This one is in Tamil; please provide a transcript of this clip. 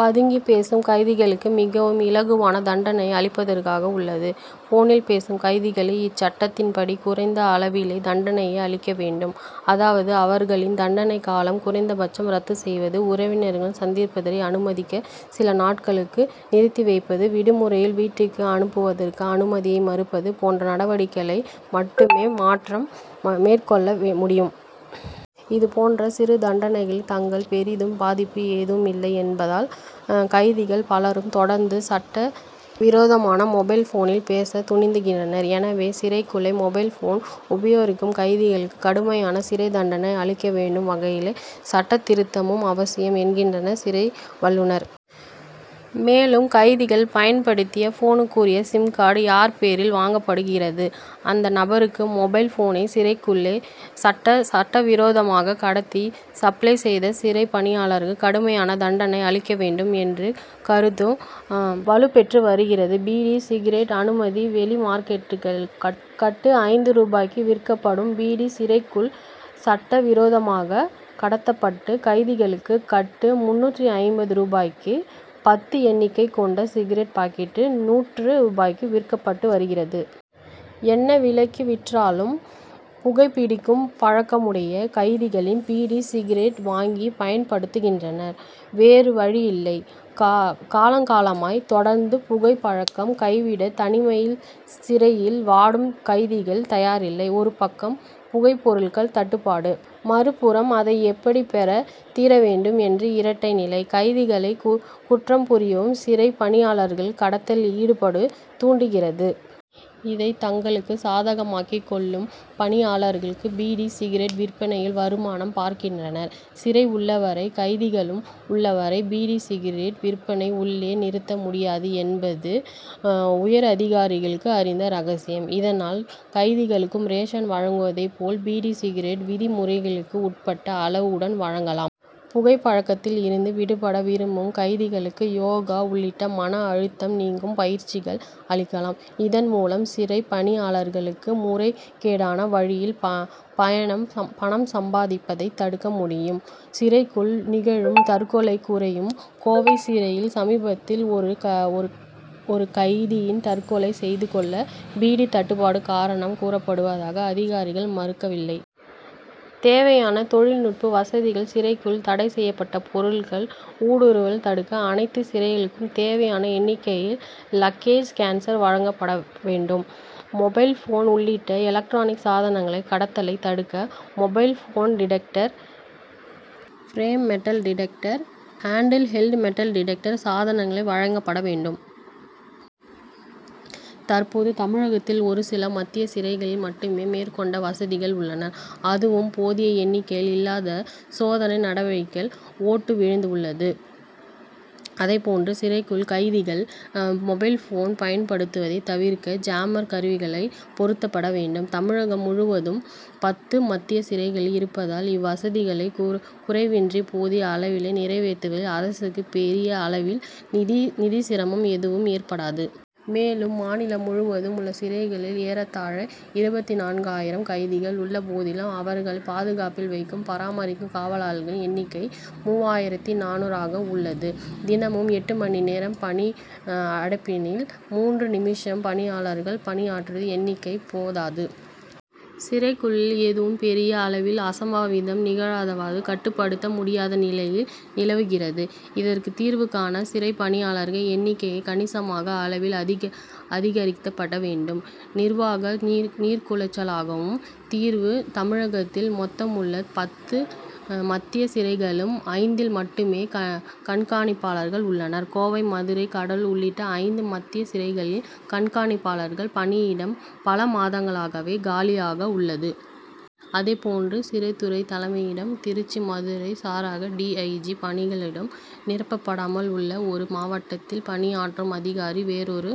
பதுக்கி பேசும் கைதிகளுக்கு, மிகவும் இலகுவான தண்டனை அளிப்பதாகவே உள்ளது. போனில் பேசும் கைதிகளுக்கு இச்சட்டத்தின்படி குறைந்த அளவிலான தண்டனையே அளிக்க முடியும். அதாவது, அவர்களின் தண்டனை கால குறைப்பை ரத்து செய்வது; உறவினரை சந்திப்பதற்கான அனுமதியை சில நாட்களுக்கு நிறுத்தி வைப்பது; விடுமுறையில் வீட்டுக்கு அனுப்புவதற்கான அனுமதியை மறுப்பது போன்ற நடவடிக்கைகளை மட்டுமே மேற் கொள்ள முடியும். இது போன்ற சிறு தண்டனைகளால் தங்களுக்கு பெரிய பாதிப்பு ஏதுமில்லை என்பதால், கைதிகள் பலரும் தொடர்ந்து சட்டவிரோதமாக மொபைல் போனில் பேச துணிகின்றனர். எனவே, சிறைக்குள் மொபைல் போன் உபயோகிக்கும் கைதிகளுக்கு கடுமையான சிறை தண்டனை அளிக்கும் வகையில் சட்டத்திருத்தம் அவசியம், என்கின்றனர், சிறை வல்லுனர்கள். மேலும், கைதிகள் பயன்படுத்திய போனுக்குரிய சிம்கார்டு' யார் பெயரில் வாங்கப்பட்டிருக்கிறதோ அந்த நபருக்கும், மொபைல் போனை சிறைக்குள் சட்டவிரோதமாக கடத்தி சப்ளை செய்த சிறை பணியாளர்களுக்கும் கடுமையான தண்டனை அளிக்கப்பட வேண்டும், என்ற கருத்தும் வலுப்பெற்று வருகிறது. பீடி, சிகரெட்டுக்கு அனுமதி வெளிமார்க்கெட்டில் கட்டு ஐந்து ரூபாய்க்கு விற்கப்படும் பீடி, சிறைக்குள் சட்ட விரோதமாக கடத்தப்பட்டு கைதிகளுக்கு கட்டு முன்னூற்று ஐம்பது ரூபாய்க்கும், பத்து எண்ணிக்கை கொண்ட சிகரெட் பாக்கெட் முன்னூறு ரூபாய்க்கும் விற்கப்படுகிறது. என்ன விலைக்கு விற்றாலும், புகைபிடிக்கும் பழக்கமுடைய கைதிகள் பீடி, சிகரெட்டை வாங்கி பயன்படுத்துகின்றனர், வேறு வழியில்லை. காலங்காலமாக தொடரும் புகை பழக்கத்தை கைவிட, தனிமையில் சிறையில் வாடும் கைதிகள் தயாரில்லை. ஒரு பக்கம் புகை பொருட்களுக்கு தட்டுப்பாடு, மறுபுறம் அதை எப்படியும் பெற்றே தீரவேண்டும்' என்ற இரட்டை நிலை, கைதிகளை குற்றம்புரியவும், சிறை பணியாளர்களை கடத்தலில் ஈடுபடவும் தூண்டுகிறது. இதை தங்களுக்கு சாதமாக்கிக் கொள்ளும் பணியாளர்கள், பீடி, சிகரெட் விற்பனையில் வருமானம் பார்க்கின்றனர். சிறை உள்ளவரை, கைதிகள் உள்ளவரை பீடி, சிகரெட் விற்பனையை உள்ளே' நிறுத்த முடியாது என்பது, உயரதிகாரிகளும் அறிந்த ரகசியம். இதனால், கைதிகளுக்கு ரேஷன் வழங்குவதை போல பீடி, சிகரெட்டையும் விதிமுறைகளுக்கு உட்பட்டு அளவுடன் வழங்கலாம். புகை பழக்கத்தில் இருந்து விடபட விரும்பும் கைதிகளுக்கு யோகா உள்ளிட்ட மன அழுத்தம் நீக்கும் பயிற்சிகளை அளிக்கலாம். இதன் மூலம், சிறை பணியாளர்கள் முறைகேடான வழியில் பணம் சம்பாதிப்பதை தடுக்க முடியும். சிறைக்குள் நிகழும் தற்கொலைகளும் குறையும். கோவை சிறையில் சமீபத்தில் ஒரு கைதி தற்கொலை செய்து கொள்ள பீடி தட்டுப்பாடு' காரணமாக கூறப்பட்டதை, அதிகாரிகள் மறுக்கவில்லை. தேவை தொழில்நுட்ப வசதிகள் சிறைக்குள் தடை செய்யப்பட்ட பொருட்களின் ஊடுருவல் தடுக்க அனைத்து சிறைகளுக்கும் தேவையான எண்ணிக்கையில் லக்கேஜ் ஸ்கேனர்' வழங்கப்பட வேண்டும். மொபைல் போன் உள்ளிட்ட எலக்ட்ரானிக் சாதனங்கள் கடத்தலை தடுக்க mobile phone detector' door frame metal detector' hand held metal detector' சாதனங்கள் வழங்கப்பட வேண்டும். தற்போது, தமிழகத்தில் ஒரு சில மத்திய சிறைகளில் மட்டுமே மேற்கண்ட வசதிகள் உள்ளன, அதுவும் போதிய எண்ணிக்கையில் இல்லாததால், சோத னை நடவடிக்கைகளில் ஓட்டை விழுகிறது. அதே போன்று சிறைக்குள், கைதிகள் மொபைல் போன் பயன்படுத்துவதை தவிர்க்க ஜாமர்' கருவிகள் பொருத்தப்பட வேண்டும். தமிழகம் முழுவதும் பத்து மத்திய சிறைகளே இருப்பதால், இவ்வசதிகளை குறைவின்றி போதிய அளவில் நிறைவேற்றுவதில் அரசுக்கு பெரிய அளவில் நிதிச்சிரமம் ஏதும் ஏற்படாது. மேலும், மாநிலம் முழுவதும் உள்ள சிறைகளில் ஏறத்தாழ இருபத்து நான்கு ஆயிரம் கைதிகள் உள்ள போதிலும், அவர்களை பாதுகாப்பில் வைத்து பராமரிக்கும் காவலர்களின் எண்ணிக்கை மூவாயிரத்து நானூறு ஆகவே உள்ளது. தினமும் எட்டு மணி நேர பணி' அடிப்படையில் மூன்று ஷிப்ட்களாக பணியாளர்கள் பணியாற்றுவதால் எண்ணிக்கை போதாது. சிறைக்குள் ஏதும் பெரிய அளவில் அசம்பாவிதம் நிகழ்ந்தால் கட்டுப்படுத்த முடியாத நிலையே நிலவுகிறது. இதற்கு தீர்வு காண, சிறை பணியாளர் எண்ணிக்கை கணிசமான அளவில் அதிகரிக்கப்பட வேண்டும். நிர்வாக சீர்குலைவுகளுக்கு தீர்வு தமிழகத்தில் மொத்தமுள்ள பத்து மத்திய சிறைகளில், ஐந்தில் மட்டுமே கண்காணிப்பாளர்கள் உள்ளனர். கோவை, மதுரை, கடலூர் உள்ளிட்ட ஐந்து மத்திய சிறைகளில் கண்காணிப்பாளர் பணியிடம் பல மாதங்களாகவே காலியாக உள்ளது. அதே போன்று, சிறைத்துறை தலைமையிடம், திருச்சி, மதுரை சரக டி. ஐ. ஜி., பணியிடங்களும் நிரப்பப்படாமல் உள்ளன. ஒரு மாவட்டத்தில் பணியாற்றும் அதிகாரி, வேறு ஒரு